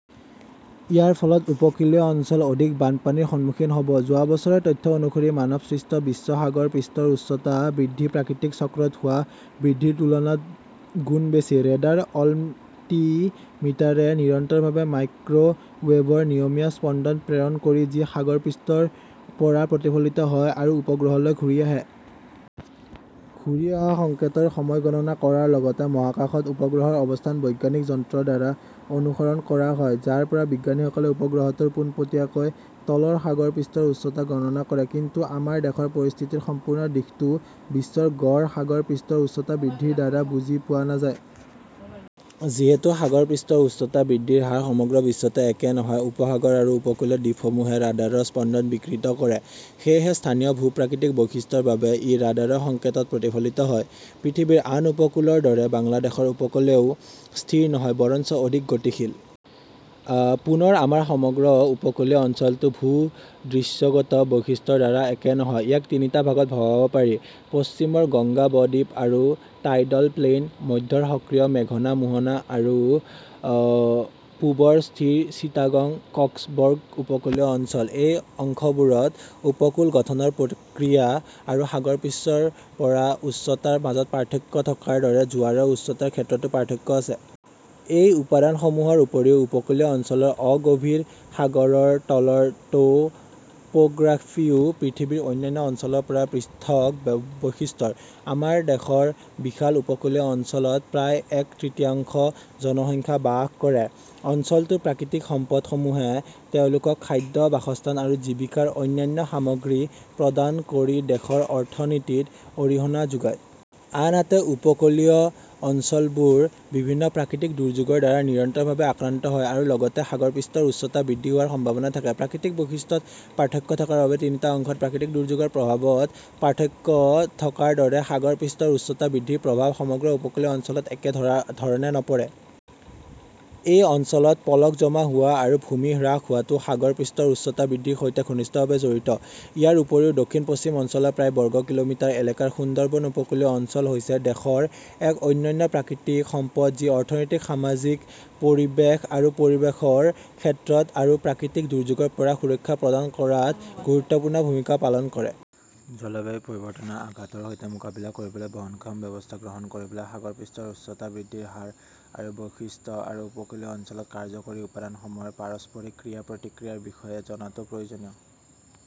ইয়াৰ ফলত উপকূলীয় অঞ্চল অধিক বানপানীৰ সন্মুখীন হ'ব। যোৱা বছৰৰ তথ্য অনুসৰি মানৱসৃষ্ট বিশ্ব সাগৰ পৃষ্ঠৰ উচ্চতা বৃদ্ধি প্ৰাকৃতিক চক্ৰত হোৱা বৃদ্ধিৰ তুলনাত গুণ বেছি। ৰেডাৰ অলটিমিটাৰে নিৰন্তৰভাৱে মাইক্ৰ' ৱেভৰ নিয়মীয়া স্পন্দন প্ৰেৰণ কৰে যি সাগৰ পৃষ্ঠৰ পৰা প্ৰতিফলিত হয় আৰু উপগ্ৰহলৈ ঘূৰি আহে। ঘূৰি অহা সংকেতৰ সময় গণনা কৰাৰ লগতে মহাকাশত উপগ্ৰহৰ অৱস্থান বৈজ্ঞানিক যন্ত্ৰৰ দ্বাৰা অনুসৰণ কৰা হয়, যাৰ পৰা বিজ্ঞানীসকলে উপগ্ৰহটোৰ পোনপটীয়াকৈ তলৰ সাগৰ পৃষ্ঠৰ উচ্চতা গণনা কৰে। কিন্তু আমাৰ দেশৰ পৰিস্থিতিৰ সম্পূৰ্ণ দিশটো বিশ্বৰ গড় সাগৰ পৃষ্ঠৰ উচ্চতা বৃদ্ধিৰ দ্বাৰা বুজি পোৱা নাযায়। যিহেতু সাগৰ পৃষ্ঠৰ উচ্চতা বৃদ্ধিৰ হাৰ সমগ্ৰ বিশ্বতে একে নহয়, উপসাগৰ আৰু উপকূলীয় দ্বীপসমূহে ৰাডাৰৰ স্পন্দন বিকৃত কৰে। সেয়েহে স্থানীয় ভূ-প্ৰাকৃতিক বৈশিষ্ট্যৰ বাবে ই ৰাডাৰ সংকেতত প্ৰতিফলিত হয়। পৃথিৱীৰ আন উপকূলৰ দৰে বাংলাদেশৰ উপকূলও স্থিৰ নহয়, বৰঞ্চ অধিক গতিশীল। পুনৰ আমাৰ সমগ্ৰ উপকূলীয় অঞ্চলটো ভূ-দৃশ্যগত বৈশিষ্ট্যৰ দ্বাৰা একে নহয়। ইয়াক তিনিটা ভাগত ভাগ কৰিব পাৰিঃ পশ্চিমৰ গংগা ব-দ্বীপ আৰু টাইডল প্লেইন, মধ্যৰ সক্ৰিয় মেঘনা মোহনা, আৰু পূবৰ স্থিৰ চিটাগং-কক্সবৰ্গ উপকূলীয় অঞ্চল। এই অংশবোৰত উপকূল গঠনৰ প্ৰক্ৰিয়া আৰু সাগৰ পৃষ্ঠৰ পৰা উচ্চতাৰ মাজত পাৰ্থক্য থকাৰ দৰে জোৱাৰৰ উচ্চতাৰ ক্ষেত্ৰতো পাৰ্থক্য আছে। এই উপাদানসমূহৰ উপৰিও, উপকূলীয় অঞ্চলৰ অগভীৰ সাগৰৰ তলৰ ট 'পোগ্ৰাফীও পৃথিৱীৰ অন্যান্য অঞ্চলৰ পৰা পৃথক বৈশিষ্ট্যৰ। আমাৰ দেশৰ বিশাল উপকূলীয় অঞ্চলত প্ৰায় এক তৃতীয়াংশ জনসংখ্যা বাস কৰে। অঞ্চলটোৰ প্ৰাকৃতিক সম্পদসমূহে তেওঁলোকক খাদ্য, বাসস্থান আৰু জীৱিকাৰ অন্যান্য সামগ্ৰী প্ৰদান কৰি দেশৰ অৰ্থনীতিত অৰিহণা যোগায়। আনহাতে, উপকূলীয় অঞ্চলবোৰ বিভিন্ন প্ৰাকৃতিক দুৰ্যোগৰ দ্বাৰা নিৰন্তৰভাৱে আক্ৰান্ত হয়, আৰু লগতে সাগৰ পৃষ্ঠৰ উচ্চতা বৃদ্ধি হোৱাৰ সম্ভাৱনা থাকে। প্ৰাকৃতিক বৈশিষ্ট্যত পাৰ্থক্য থকাৰ বাবে তিনিটা অংশত প্ৰাকৃতিক দুৰ্যোগৰ প্ৰভাৱত পাৰ্থক্য থকাৰ দৰে, সাগৰ পৃষ্ঠৰ উচ্চতা বৃদ্ধিৰ প্ৰভাৱ সমগ্ৰ উপকূলীয় অঞ্চলত একে ধৰণে নপৰে। এই অঞ্চলত পলস জমা হোৱা আৰু ভূমি হ্ৰাস হোৱাটো সাগৰ পৃষ্ঠৰ উচ্চতা বৃদ্ধিৰ সৈতে ঘনিষ্ঠভাৱে জড়িত। ইয়াৰ উপৰিও, দক্ষিণ-পশ্চিম অঞ্চলৰ প্ৰায়, বৰ্গ কিলোমিটাৰ এলেকাৰ সুন্দৰবন উপকূলীয় অঞ্চল হৈছে দেশৰ এক অনন্য প্ৰাকৃতিক সম্পদ যি অৰ্থনৈতিক, সামাজিক, পৰিৱেশ আৰু পৰিৱেশৰ ক্ষেত্ৰত আৰু প্ৰাকৃতিক দুৰ্যোগৰ পৰা সুৰক্ষা প্ৰদান কৰাত গুৰুত্বপূৰ্ণ ভূমিকা পালন কৰে। জলবায়ু পৰিৱৰ্তনৰ আঘাতৰ সৈতে মোকাবিলা কৰিবলৈ বহনক্ষম ব্যৱস্থা গ্ৰহণ কৰিবলৈ সাগৰ পৃষ্ঠৰ উচ্চতা বৃদ্ধিৰ হাৰ আৰু বৈশিষ্ট্য আৰু উপকূলীয় অঞ্চলত কাৰ্যকৰী উপাদানসমূহৰ পাৰস্পৰিক ক্ৰিয়া-প্ৰতিক্ৰিয়াৰ বিষয়ে জনাটো প্ৰয়োজনীয়।